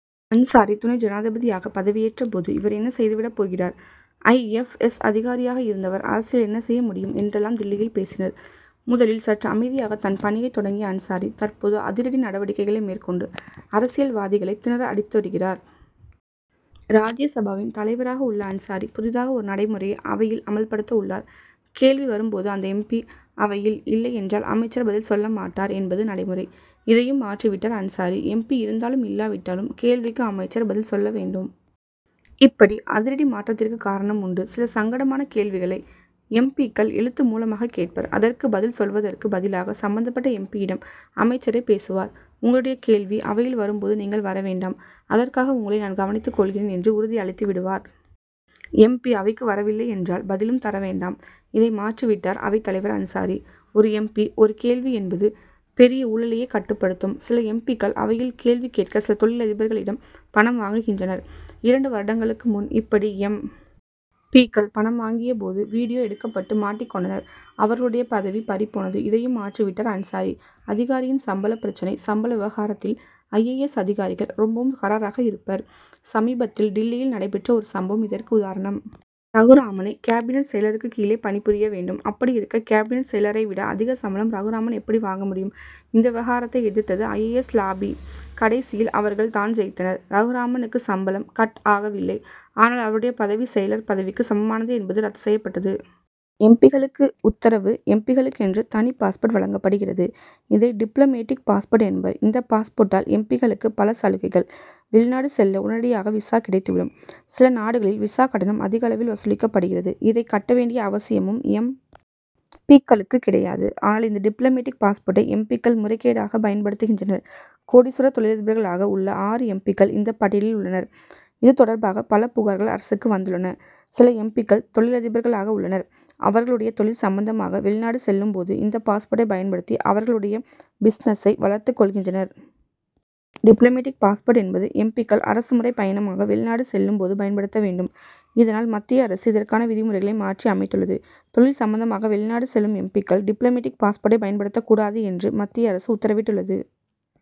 அன்சாரி, துணை ஜனாதிபதியாக பதவியேற்ற போது, 'இவர் என்ன செய்துவிடப் போகிறார்? ஐ. எப். எஸ். அதிகாரியாக இருந்தவர் அரசு என்ன செய்ய முடியும்? ' என்றெல்லாம் டில்லியில் பேசினர். முதலில் சற்று அமைதியாக தன் பணியைத் தொடங்கிய அன்சாரி, தற்போது அதிரடி நடவடிக்கைகளை மேற்கொண்டு அரசியல்வாதிகளை திணற அடித்து வருகிறார். ராஜ்யசபாவின் தலைவராக உள்ள அன்சாரி, புதிதாக ஒரு நடைமுறையை அவையில் அமல்படுத்த உள்ளார். 'கேள்வி வரும் போது அந்த எம். பி., அவையில் இல்லையென்றால் அமைச்சர் பதில் சொல்லமாட்டார்' என்பது நடைமுறை. இதையும் மாற்றிவிட்டார் அன்சாரி. எம். பி., இருந்தாலும் இல்லாவிட்டாலும் கேள்விக்கு அமைச்சர் பதில் சொல்ல வேண்டும். இப்படி அதிரடி மாற்றத்திற்கு காரணம் உண்டு. சில சங்கடமான கேள்விகளை எம். பி.,க்கள் எழுத்து மூலமாக கேட்பர். அதற்குப் பதில் சொல்வதற்கு பதிலாக சம்பந்தப் பட்ட எம். பி.,யிடம் அமைச்சரே பேசுவார். 'உங்களுடைய கேள்வி அவையில் வரும் போது நீங்கள் வர வேண்டாம்; அதற்காக உங்களை நான் கவனித்துக் கொள்கிறேன்' என்று உறுதி அளித்துவிடுவார். எம். பி., அவைக்கு வரவில்லையென்றால், பதிலும் தர வேண்டாம். இதை மாற்றிவிட்டார் அவைத் தலைவர் அன்சாரி. ஒரு எம். பி. ஒரு கேள்வி என்பது பெரிய ஊழலையே கட்டுப்படுத்தும். சில எம். பி.,க்கள் அவையில் கேள்வி கேட்க சில தொழிலதிபர்களிடம் பணம் வாங்குகின்றனர். இரண்டு வருடங்களுக்கு முன் இப்படி எம். பி.,க்கள் பணம் வாங்கிய போது, வீடியோ எடுக்கப்பட்டு மாட்டிக் கொண்டனர். அவருடைய பதவி பறிபோனது. இதையும் மாற்றிவிட்டர் அன்சாரி. அதிகாரியின் சம்பளப் பிரச்னை சம்பள விவகாரத்தில் ஐ. ஏ. எஸ்., அதிகாரிகள் ரொம்பவும் கறாராக இருப்பர். சமீபத்தில், டில்லியில் நடைபெற்ற ஒரு சம்பவம் இதற்கு உதாரணம். ரகுராமனே கேபினட் செயலருக்கு கீழே பணிபுரிய வேண்டும். அப்படியிருக்க, கேபினட் செயலரை விட அதிக சம்பளம் ரகுராமன் எப்படி வாங்க முடியும்? இந்த விவகாரத்தை எதிர்த்தது ஐ. ஏ. S., lobby. கடைசியில் அவர்கள் தான் ஜெயித்தனர். ரகுராமனுக்கு சம்பளம், 'கட்' ஆகவில்லை. ஆனால், அவருடைய பதவி செயலர் பதவிக்கு சமமானது என்பது ரத்து செய்யப்பட்டது. எம். பி.,க்களுக்கு உத்தரவு எம். பி.,க்களுக்கென்று தனி பாஸ்போர்ட் வழங்கப்படுகிறது. இதை டிப்ளமேடிக் பாஸ்போர்ட் என்பர். இந்த பாஸ்போர்ட்டால் எம். பி.,க்களுக்கு பல சலுகைகள். வெளிநாடு செல்ல உடனடியாக விசா கிடைத்துவிடும். சில நாடுகளில் விசா கட்டணம் அதிக அளவில் வசூலிக்கப்படுகிறது. இதைக் கட்ட வேண்டிய அவசியமும் எம். பி.,க்களுக்குக் கிடையாது. ஆல், இந்த டிப்ளமேடிக் பாஸ்போர்ட்டை எம். பி.,க்கள் முறைகேடாக பயன்படுத்துகின்றனர். கோடீஸ்வர தொழிலதிபர்களாக உள்ள ஆறு எம். பி.,க்கள், இந்த பட்டியலில் உள்ளனர். இது தொடர்பாக பல புகார்கள் அரசுக்கு வந்துள்ளன. சில எம். பி.,க்கள் தொழிலதிபர்களாக உள்ளனர். அவர்களுடைய தொழில் சம்பந்தமாக வெளிநாடு செல்லும் போது இந்த பாஸ்போர்ட்டை பயன்படுத்தி அவர்களுடைய பிசினசை வளர்த்துக் கொள்கின்றனர். டிப்ளமேடிக் பாஸ்போர்ட் என்பது எம். பி.,க்கள் அரசு முறைப் பயணமாக வெளிநாடு செல்லும் போது பயன்படுத்த வேண்டும். இதனால், மத்திய அரசு இதற்கான விதிமுறைகளை மாற்றி அமைத்துள்ளது. தொழில் சம்பந்தமாக வெளிநாடு செல்லும் எம். பி.,க்கள் டிப்ளமேடிக் பாஸ்போர்ட்டை பயன்படுத்தக்கூடாது என்று மத்திய அரசு உத்தரவிட்டுள்ளது.